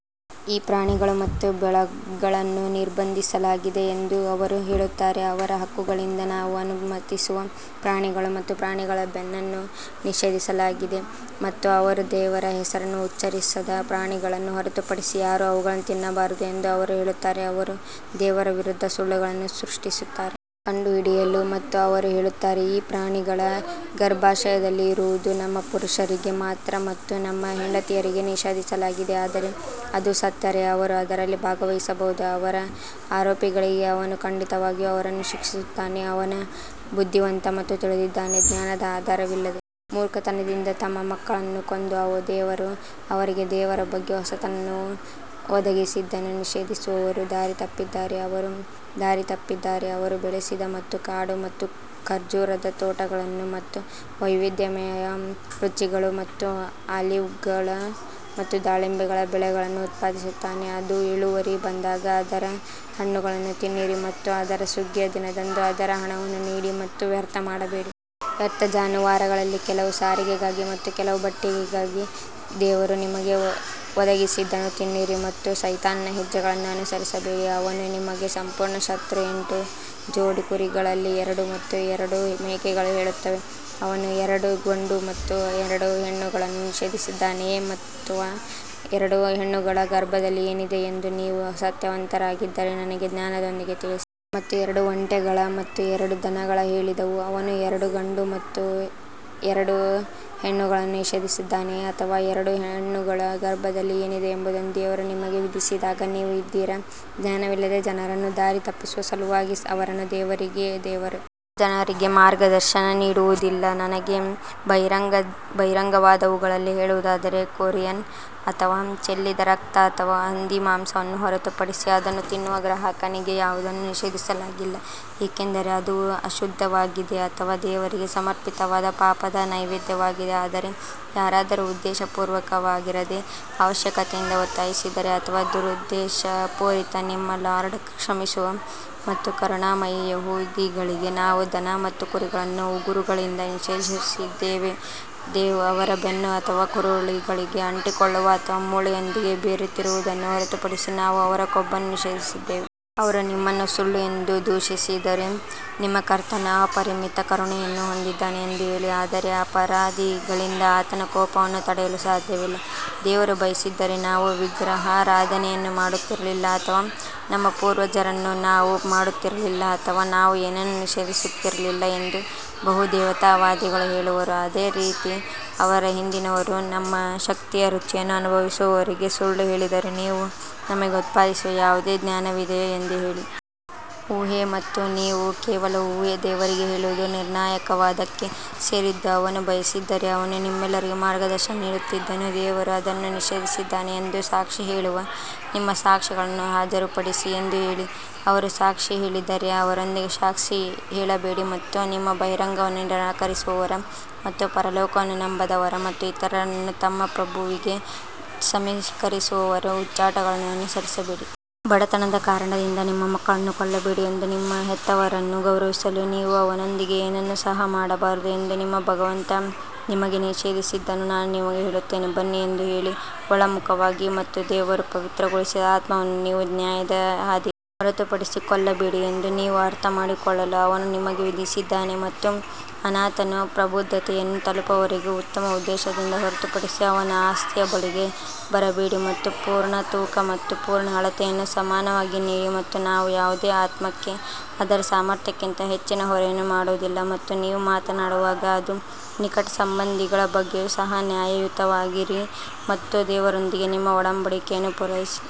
ಈ ಪ್ರಾಣಿಗಳು ಮತ್ತು ಬೆಳೆಗಳನ್ನು ನಿರ್ಬಂಧಿಸಲಾಗಿದೆ ಎಂದು ಅವರು ಹೇಳುತ್ತಾರೆ, ಅವರ ಹಕ್ಕುಗಳಿಂದ ನಾವು ಅನುಮತಿಸುವ ಪ್ರಾಣಿಗಳು ಮತ್ತು ಪ್ರಾಣಿಗಳ ಬೆನ್ನನ್ನು ನಿಷೇಧಿಸಲಾಗಿದೆ ಮತ್ತು ಅವರು ದೇವರ ಹೆಸರನ್ನು ಉಚ್ಚರಿಸದ ಪ್ರಾಣಿಗಳನ್ನು ಹೊರತುಪಡಿಸಿ ಯಾರೂ ಅವುಗಳನ್ನು ತಿನ್ನಬಾರದು ಎಂದು ಅವರು ಹೇಳುತ್ತಾರೆ, ಅವರು ದೇವರ ವಿರುದ್ಧ ಸುಳ್ಳುಗಳನ್ನು ಸೃಷ್ಟಿಸುತ್ತಾರೆ. ಕಂಡುಹಿಡಿಯಲು ಮತ್ತು ಅವರು ಹೇಳುತ್ತಾರೆ, ಈ ಪ್ರಾಣಿಗಳ ಗರ್ಭಾಶಯದಲ್ಲಿ ಇರುವುದು ನಮ್ಮ ಪುರುಷರಿಗೆ ಮಾತ್ರ ಮತ್ತು ನಮ್ಮ ಹೆಂಡತಿಯರಿಗೆ ನಿಷೇಧಿಸಲಾಗಿದೆ ಆದರೆ ಅದು ಸತ್ತರೆ ಅವರು ಅದರಲ್ಲಿ ಭಾಗವಹಿಸಬಹುದು ಅವರ ಆರೋಪಗಳಿಗೆ ಅವನು ಖಂಡಿತವಾಗಿಯೂ ಅವರನ್ನು ಶಿಕ್ಷಿಸುತ್ತಾನೆ, ಅವನು ಬುದ್ಧಿವಂತ ಮತ್ತು ತಿಳಿದಿದ್ದಾನೆ. ಜ್ಞಾನದ ಆಧಾರವಿಲ್ಲದೆ ಮೂರ್ಖತನದಿಂದ ತಮ್ಮ ಮಕ್ಕಳನ್ನು ಕೊಂದು ದೇವರು ಅವರಿಗೆ ದೇವರ ಬಗ್ಗೆ ಹೊಸತನವನ್ನು ಒದಗಿಸಿದ್ದನ್ನು ನಿಷೇಧಿಸುವವರು ದಾರಿ ತಪ್ಪಿದ್ದಾರೆ ಅವರು ದಾರಿ ತಪ್ಪಿದ್ದಾರೆ ಅವನು ಬೆಳೆಸಿದ ಮತ್ತು ಕಾಡು ಮತ್ತು ಖರ್ಜೂರದ ತೋಟಗಳನ್ನು ಮತ್ತು ವೈವಿಧ್ಯಮಯ ರುಚಿಗಳು ಮತ್ತು ಆಲಿವ್ಗಳು ಮತ್ತು ದಾಳಿಂಬೆಗಳ ಬೆಳೆಗಳನ್ನು ಉತ್ಪಾದಿಸುತ್ತಾನೆ, ಅದು ಇಳುವರಿ ಬಂದಾಗ ಅದರ ಹಣ್ಣುಗಳನ್ನು ತಿನ್ನಿರಿ ಮತ್ತು ಅದರ ಸುಗ್ಗಿಯ ದಿನದಂದು ಅದರ ಹಣವನ್ನು ನೀಡಿ ಮತ್ತು ವ್ಯರ್ಥ ಮಾಡಬೇಡಿ. ವ್ಯರ್ಥ ಜಾನುವಾರುಗಳಲ್ಲಿ ಕೆಲವು ಸಾರಿಗೆಗಾಗಿ ಮತ್ತು ಕೆಲವು ಬಟ್ಟೆಗಾಗಿ ದೇವರು ನಿಮಗೆ ಒದಗಿಸಿದ್ದನ್ನು ತಿನ್ನಿರಿ ಮತ್ತು ಸೈತಾನನ ಹೆಜ್ಜೆಗಳನ್ನು ಅನುಸರಿಸಬೇಡಿ ಅವನು ನಿಮಗೆ ಸಂಪೂರ್ಣ ಶತ್ರು ಎಂಟು ಜೋಡಿ ಕುರಿಗಳಲ್ಲಿ ಎರಡು ಮತ್ತು ಎರಡು ಮೇಕೆಗಳು ಹೇಳುತ್ತವೆ ಅವನು ಎರಡು ಗಂಡು ಅಥವಾ ಎರಡು ಹೆಣ್ಣುಗಳನ್ನು ನಿಷೇಧಿಸಿದ್ದಾನೆಯೇ ಅಥವಾ ಎರಡು ಹೆಣ್ಣುಗಳ ಗರ್ಭದಲ್ಲಿ ಏನಿದೆ ಎಂದು ನೀವು ಸತ್ಯವಂತರಾಗಿದ್ದರೆ ನನಗೆ ಜ್ಞಾನದೊಂದಿಗೆ ತಿಳಿಸಿ. ಮತ್ತು ಎರಡು ಒಂಟೆಗಳು ಮತ್ತು ಎರಡು ದನಗಳು ಹೇಳಿದವು, ಅವನು ಎರಡು ಗಂಡು ಅಥವಾ ಎರಡು ಹೆಣ್ಣುಗಳನ್ನು ನಿಷೇಧಿಸಿದ್ದಾನೆಯೇ ಅಥವಾ ಎರಡು ಹೆಣ್ಣುಗಳ ಗರ್ಭದಲ್ಲಿ ಏನಿದೆ ಎಂಬುದನ್ನು ದೇವರು ನಿಮಗೆ ವಿಧಿಸಿದಾಗ ನೀವು ಇದ್ದೀರಾ? ಜ್ಞಾನವಿಲ್ಲದೆ ಜನರನ್ನು ದಾರಿ ತಪ್ಪಿಸುವ ಸಲುವಾಗಿ ಅವರನ್ನು ದೇವರಿಗೆ ದೇವರು ದುಷ್ಟ ಜನರಿಗೆ ಮಾರ್ಗದರ್ಶನ ನೀಡುವುದಿಲ್ಲ ನನಗೆ ಬಹಿರಂಗವಾದವುಗಳಲ್ಲಿ ಹೇಳುವುದಾದರೆ, ಕ್ಯಾರಿಯನ್ ಅಥವಾ ಚೆಲ್ಲಿದ ರಕ್ತ ಅಥವಾ ಹಂದಿಯ ಮಾಂಸವನ್ನು ಹೊರತುಪಡಿಸಿ ಅದನ್ನು ತಿನ್ನುವ ಗ್ರಾಹಕನಿಗೆ ಯಾವುದನ್ನೂ ನಿಷೇಧಿಸಲಾಗಿಲ್ಲ ಏಕೆಂದರೆ ಅದು ಅಶುದ್ಧವಾಗಿದೆ ಅಥವಾ ದೇವರಿಗೆ ಸಮರ್ಪಿತವಾದ ಪಾಪದ ನೈವೇದ್ಯವಾಗಿದೆ ಆದರೆ ಯಾರಾದರೂ ಉದ್ದೇಶಪೂರ್ವಕವಾಗಿರದೆ ಅವಶ್ಯಕತೆಯಿಂದ ಒತ್ತಾಯಿಸಿದರೆ ಅಥವಾ ದುರುದ್ದೇಶಪೂರಿತ ನಿಮ್ಮ ಲಾರ್ಡ್ ಕ್ಷಮಿಸುವ ಮತ್ತು ಕರುಣಾಮಯಿ ಯಹೂದಿಗಳಿಗೆ ನಾವು ದನ ಮತ್ತು ಕುರಿಗಳನ್ನು ಉಗುರುಗಳಿಂದ ನಿಷೇಧಿಸಿದ್ದೇವೆ, ಅವರ ಬೆನ್ನು ಅಥವಾ ಕರುಳುಗಳಿಗೆ ಅಂಟಿಕೊಳ್ಳುವ ಅಥವಾ ಮೂಳೆಯೊಂದಿಗೆ ಬೆರೆತಿರುವುದನ್ನು ಹೊರತುಪಡಿಸಿ ನಾವು ಅವರ ಕೊಬ್ಬನ್ನು ನಿಷೇಧಿಸಿದ್ದೇವೆ. ಅವರು ನಿಮ್ಮನ್ನು ಸುಳ್ಳು ಎಂದು ದೂಷಿಸಿದರೆ, ನಿಮ್ಮ ಕರ್ತನು ಅಪರಿಮಿತ ಕರುಣೆಯನ್ನು ಹೊಂದಿದ್ದಾನೆ ಎಂದು ಹೇಳಿ ಆದರೆ ಅಪರಾಧಿಗಳಿಂದ ಆತನ ಕೋಪವನ್ನು ತಡೆಯಲು ಸಾಧ್ಯವಿಲ್ಲ. ದೇವರು ಬಯಸಿದ್ದರೆ ನಾವು ವಿಗ್ರಹಾರಾಧನೆಯನ್ನು ಮಾಡುತ್ತಿರಲಿಲ್ಲ ಅಥವಾ ನಮ್ಮ ಪೂರ್ವಜರನ್ನು ನಾವು ಮಾಡುತ್ತಿರಲಿಲ್ಲ ಅಥವಾ ನಾವು ಏನನ್ನೂ ನಿಷೇಧಿಸುತ್ತಿರಲಿಲ್ಲ ಎಂದು ಬಹುದೇವತಾವಾದಿಗಳು ಹೇಳುವರು ಅದೇ ರೀತಿ ಅವರ ಹಿಂದಿನವರು ನಮ್ಮ ಶಕ್ತಿಯ ರುಚಿಯನ್ನು ಅನುಭವಿಸುವವರೆಗೆ ಸುಳ್ಳು ಹೇಳಿದರು, ನೀವು ನಮಗೆ ಉತ್ಪಾದಿಸುವ ಯಾವುದೇ ಜ್ಞಾನವಿದೆಯೇ ಎಂದು ಹೇಳಿ. ಊಹೆ ಮತ್ತು ನೀವು ಕೇವಲ ಊಹೆ ದೇವರಿಗೆ ಹೇಳುವುದು ನಿರ್ಣಾಯಕ ವಾದಕ್ಕೆ ಸೇರಿದ್ದು ಅವನು ಬಯಸಿದ್ದರೆ ಅವನು ನಿಮ್ಮೆಲ್ಲರಿಗೂ ಮಾರ್ಗದರ್ಶನ ನೀಡುತ್ತಿದ್ದನು ದೇವರು ಇದನ್ನು ನಿಷೇಧಿಸಿದ್ದಾನೆ ಎಂದು ಸಾಕ್ಷಿ ಹೇಳುವ ನಿಮ್ಮ ಸಾಕ್ಷಿಗಳನ್ನು ಹಾಜರುಪಡಿಸಿ ಎಂದು ಹೇಳಿ, ಅವರು ಸಾಕ್ಷಿ ಹೇಳಿದರೆ ಅವರೊಂದಿಗೆ ಸಾಕ್ಷಿ ಹೇಳಬೇಡಿ ಮತ್ತು ನಮ್ಮ ಬಹಿರಂಗವನ್ನು ನಿರಾಕರಿಸುವವರ ಮತ್ತು ಪರಲೋಕವನ್ನು ನಂಬದವರ ಮತ್ತು ಇತರರನ್ನು ತಮ್ಮ ಪ್ರಭುವಿಗೆ ಸಮೀಕರಿಸುವವರ ಹುಚ್ಚಾಟಗಳನ್ನು ಅನುಸರಿಸಬೇಡಿ. ಬಡತನದ ಕಾರಣದಿಂದ ನಿಮ್ಮ ಮಕ್ಕಳನ್ನು ಕೊಲ್ಲಬೇಡಿ ಎಂದು ನಿಮ್ಮ ಹೆತ್ತವರನ್ನು ಗೌರವಿಸಲು ನೀವು ಅವನೊಂದಿಗೆ ಏನನ್ನೂ ಸಹ ಮಾಡಬಾರದು ಎಂದು ನಿಮ್ಮ ಭಗವಂತ ನಿಮಗೆ ನಿಷೇಧಿಸಿದ್ದನ್ನು ನಾನು ನಿಮಗೆ ಹೇಳುತ್ತೇನೆ ಬನ್ನಿ ಎಂದು ಹೇಳಿ. ಒಳಮುಖವಾಗಿ ಮತ್ತು ದೇವರು ಪವಿತ್ರಗೊಳಿಸಿದ ಆತ್ಮವನ್ನು ನೀವು ನ್ಯಾಯದ ಹಾದಿಯಲ್ಲಿ ಹೊರತುಪಡಿಸಿ ಕೊಲ್ಲಬೇಡಿ ಎಂದು ನೀವು ಅರ್ಥಮಾಡಿಕೊಳ್ಳಲು ಅವನು ನಿಮಗೆ ವಿಧಿಸಿದ್ದಾನೆ ಮತ್ತು ಅನಾಥನು ಪ್ರಬುದ್ಧತೆಯನ್ನು ತಲುಪುವವರೆಗೆ ಉತ್ತಮ ಉದ್ದೇಶದಿಂದ ಹೊರತುಪಡಿಸಿ ಅವನ ಆಸ್ತಿಯ ಬಳಿಗೆ ಬರಬೇಡಿ ಮತ್ತು ಪೂರ್ಣ ತೂಕ ಮತ್ತು ಪೂರ್ಣ ಅಳತೆಯನ್ನು ಸಮಾನವಾಗಿ ನೀಡಿ ಮತ್ತು ನಾವು ಯಾವುದೇ ಆತ್ಮಕ್ಕೆ ಅದರ ಸಾಮರ್ಥ್ಯಕ್ಕಿಂತ ಹೆಚ್ಚಿನ ಹೊರೆಯನ್ನು ಮಾಡುವುದಿಲ್ಲ ಮತ್ತು ನೀವು ಮಾತನಾಡುವಾಗ ಅದು ನಿಕಟ ಸಂಬಂಧಿಗಳ ಬಗ್ಗೆಯೂ ಸಹ ನ್ಯಾಯಯುತವಾಗಿರಿ ಮತ್ತು ದೇವರೊಂದಿಗೆ ನಿಮ್ಮ ಒಡಂಬಡಿಕೆಯನ್ನು ಪೂರೈಸಿ.